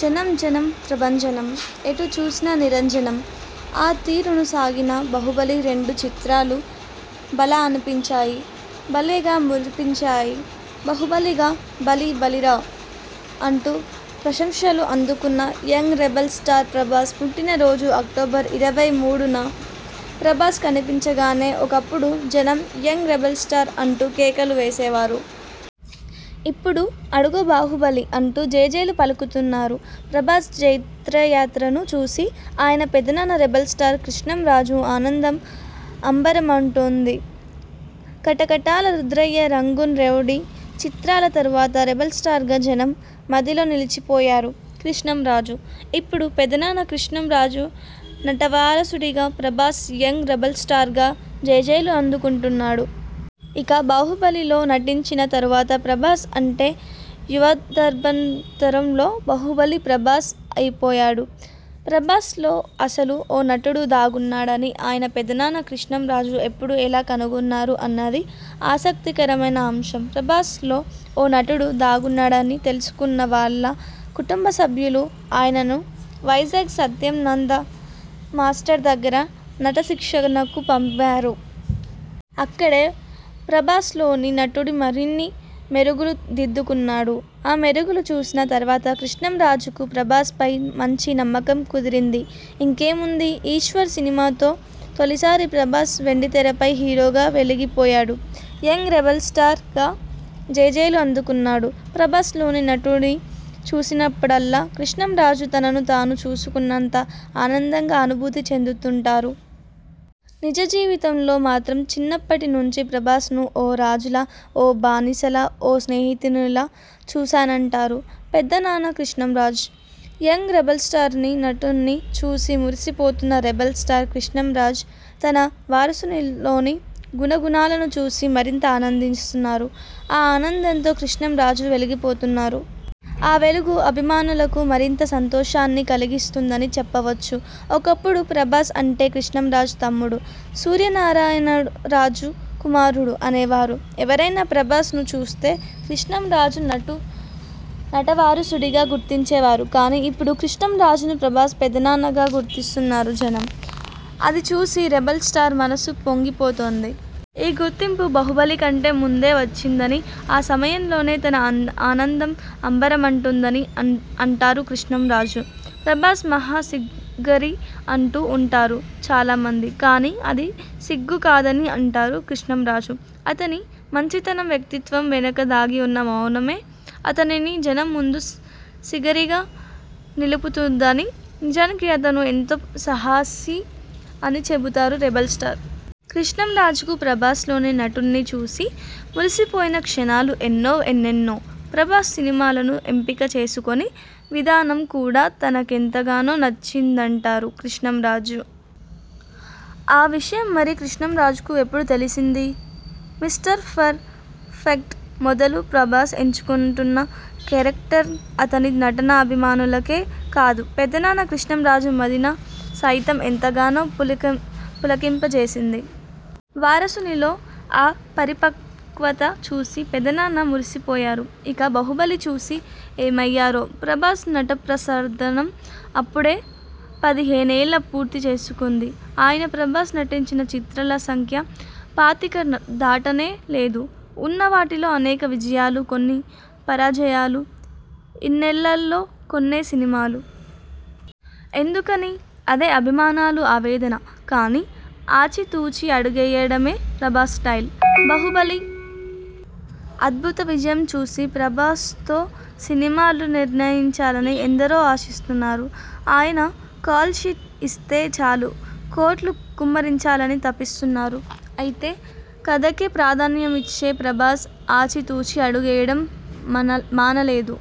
జనం జనం ప్రభంజనం. ఎటు చూసిన నీరాజనం. ఆ తీరున సాగిన 'బాహుబలి' రెండు చిత్రాలు భళా అనిపించాయి. భలేగా మురిపించాయి. 'బాహుబలి'గా భళి భళిరా అంటూ ప్రశంసలు అందుకున్న యంగ్ రెబల్ స్టార్ ప్రభాస్ పుట్టినరోజు అక్టోబర్ ఇరవై మూడు న. ప్రభాస్ కనిపించగానే ఒకప్పుడు జనం 'యంగ్ రెబల్ స్టార్' అంటూ కేకలు వేసేవారు. ఇప్పుడు 'అడుగో బాహుబలి' అంటూ జేజేలు పలుకుతున్నారు. ప్రభాస్ జైత్రయాత్రను చూసి ఆయన పెదనాన్న రెబల్ స్టార్ కృష్ణంరాజు ఆనందం అంబరమంటుతోంది. 'కటకటాల రుద్రయ్య, రంగూన్ రౌడీ' చిత్రాల తరువాత 'రెబల్ స్టార్'గా జనం మదిలో నిలచిపోయారు కృష్ణంరాజు. ఇప్పుడు పెదనాన్న కృష్టంరాజు నటవారసుడిగా ప్రభాస్ 'యంగ్ రెబల్ స్టార్'గా జేజేలు అందుకుంటున్నాడు. ఇక 'బాహుబలి'లో నటించిన తరువాత ప్రభాస్ అంటే యావద్భారతంలో 'బాహుబలి' ప్రభాస్ అయిపోయాడు. ప్రభాస్ లో అసలు ఓ నటుడు దాగున్నాడని ఆయన పెదనాన్న కృష్ణంరాజు ఎప్పుడు ఎలా కనుగొన్నారు అన్నది ఆసక్తికరమైన అంశం. ప్రభాస్ లో ఓ నటుడు దాగున్నాడని తెలుసుకున్న వాళ్ళ కుటుంబసభ్యులు ఆయనను వైజాగ్ సత్యానంద్ మాస్టారు దగ్గర నటశిక్షణకు పంపారు. అక్కడే ప్రభాస్లోని నటుడు మరిన్ని మెరుగులు దిద్దుకున్నాడు. ఆ మెరుగులు చూసిన తరువాత కృష్ణంరాజుకు ప్రభాస్ పై మంచి నమ్మకం కుదిరింది. ఇంకేముంది 'ఈశ్వర్' సినిమాతో తొలిసారి ప్రభాస్ వెండితెరపై హీరోగా వెలిగిపోయాడు. 'యంగ్ రెబల్ స్టార్'గా జేజేలు అందుకున్నాడు. ప్రభాస్ లోని నటుణ్ణి చూసినపుడల్లా కృష్ణంరాజు తనను తాను చూసుకున్నంత ఆనందంగా అనుభూతి చెందుతుంటారు. నిజ జీవితంలో మాత్రం చిన్నప్పటి నుంచీ ప్రభాస్ ను ఓ రాజులా, ఓ బానిసలా, ఓ స్నేహితునిలా చూశానంటారు పెదనాన్న కృష్ణంరాజు. యంగ్ రెబల్ స్టార్లోని నటుణ్ణి చూసి మురిసిపోతున్న రెబల్ స్టార్ కృష్ణంరాజు తన వారసునిలోని గుణగణాలను చూసి మరింత ఆనందిస్తున్నారు. ఆ ఆనందంతో కృష్ణంరాజు వెలిగిపోతున్నారు. ఆ వెలుగు అభిమానులకు మరింత సంతోషాన్ని కలిగిస్తుందని చెప్పవచ్చు. ఒకప్పుడు ప్రభాస్ అంటే కృష్ణంరాజు తమ్ముడు సూర్యనారాయణరాజు కుమారుడు అనేవారు. ఎవరైనా ప్రభాస్ ను చూస్తే కృష్ణంరాజు నటవారసుడుగా గుర్తించేవారు. కానీ, ఇప్పుడు కృష్ణంరాజును 'ప్రభాస్ పెదనాన్న'గా గుర్తిస్తున్నారు జనం. అది చూసి రెబల్ స్టార్ మనసు పొంగిపోతోంది. ఈ గుర్తింపు 'బాహుబలి' కంటే ముందే వచ్చిందని, ఆ సమయంలోనే తన ఆనందం అంబరమంటిందని అంటారు కృష్ణంరాజు. ప్రభాస్ మహా సిగ్గరి అంటూ ఉంటారు చాలామంది. కానీ అది సిగ్గు కాదని అంటారు కృష్ణంరాజు. అతని మంచితనం, వ్యక్తిత్వం వెనక దాగి ఉన్న మౌనమే అతనిని జనం ముందు సిగ్గరిగా నిలుపుతుదని, నిజానికి అతను ఎంతో సాహసి అని చెబుతారు రెబల్ స్టార్. కృష్ణంరాజుకు ప్రభాస్ లోని నటుణ్ణి చూసి మురిసిపోయిన క్షణాలు ఎన్నో ఎన్నెన్నో. ప్రభాస్ సినిమాలను ఎంపిక చేసుకొనే విధానం కూడా తనకెంతగానో నచ్చిందటారు కృష్ణంరాజు. ఆ విషయం మరి కృష్ణంరాజుకు ఎప్పుడు తెలిసింది?. 'మిస్టర్ పర్ ఫెక్ట్' మొదలు ప్రభాస్ ఎంచుకుంటున్న కేరెక్టర్స్, అతని నటన అభిమానులకే కాదు పెదనాన్న కృష్ణంరాజు మదిని సైతం ఎంతగానో పులకింప చేసింది. వారసునిలో ఆ పరిపక్వత చూసి పెదనాన్న మురిసిపోయారు. ఇక 'బాహుబలి' చూసి ఏమయ్యారో? ప్రభాస్ నటప్రస్థానం అప్పుడే పదిహేనేళ్ళు పూర్తి చేసుకుంది. అయినా ప్రభాస్ నటించిన చిత్రాల సంఖ్య పాతిక దాటనే లేదు. ఉన్న వాటిలో అనేక విజయాలు, కొన్ని పరాజయాలు. ఇన్నేళ్ళలో కొన్నే సినిమాలు. ఎందుకని?. అదే అభిమానుల ఆవేదన. కానీ, ఆచి తూచి అడుగేయడమే ప్రభాస్ స్టైల్. 'బాహుబలి అద్భుత విజయం చూసి ప్రభాస్తో సినిమాలు నిర్మించాలని ఎందరో ఆశిస్తున్నారు. ఆయన కాల్ షీట్ ఇస్తే చాలు కోట్లు కుమ్మరించాలనీ తపిస్తున్నారు. అయితే కథకే ప్రాధాన్యమిచ్చే ప్రభాస్ ఆచి తూచి అడుగేయడం మానలేదు.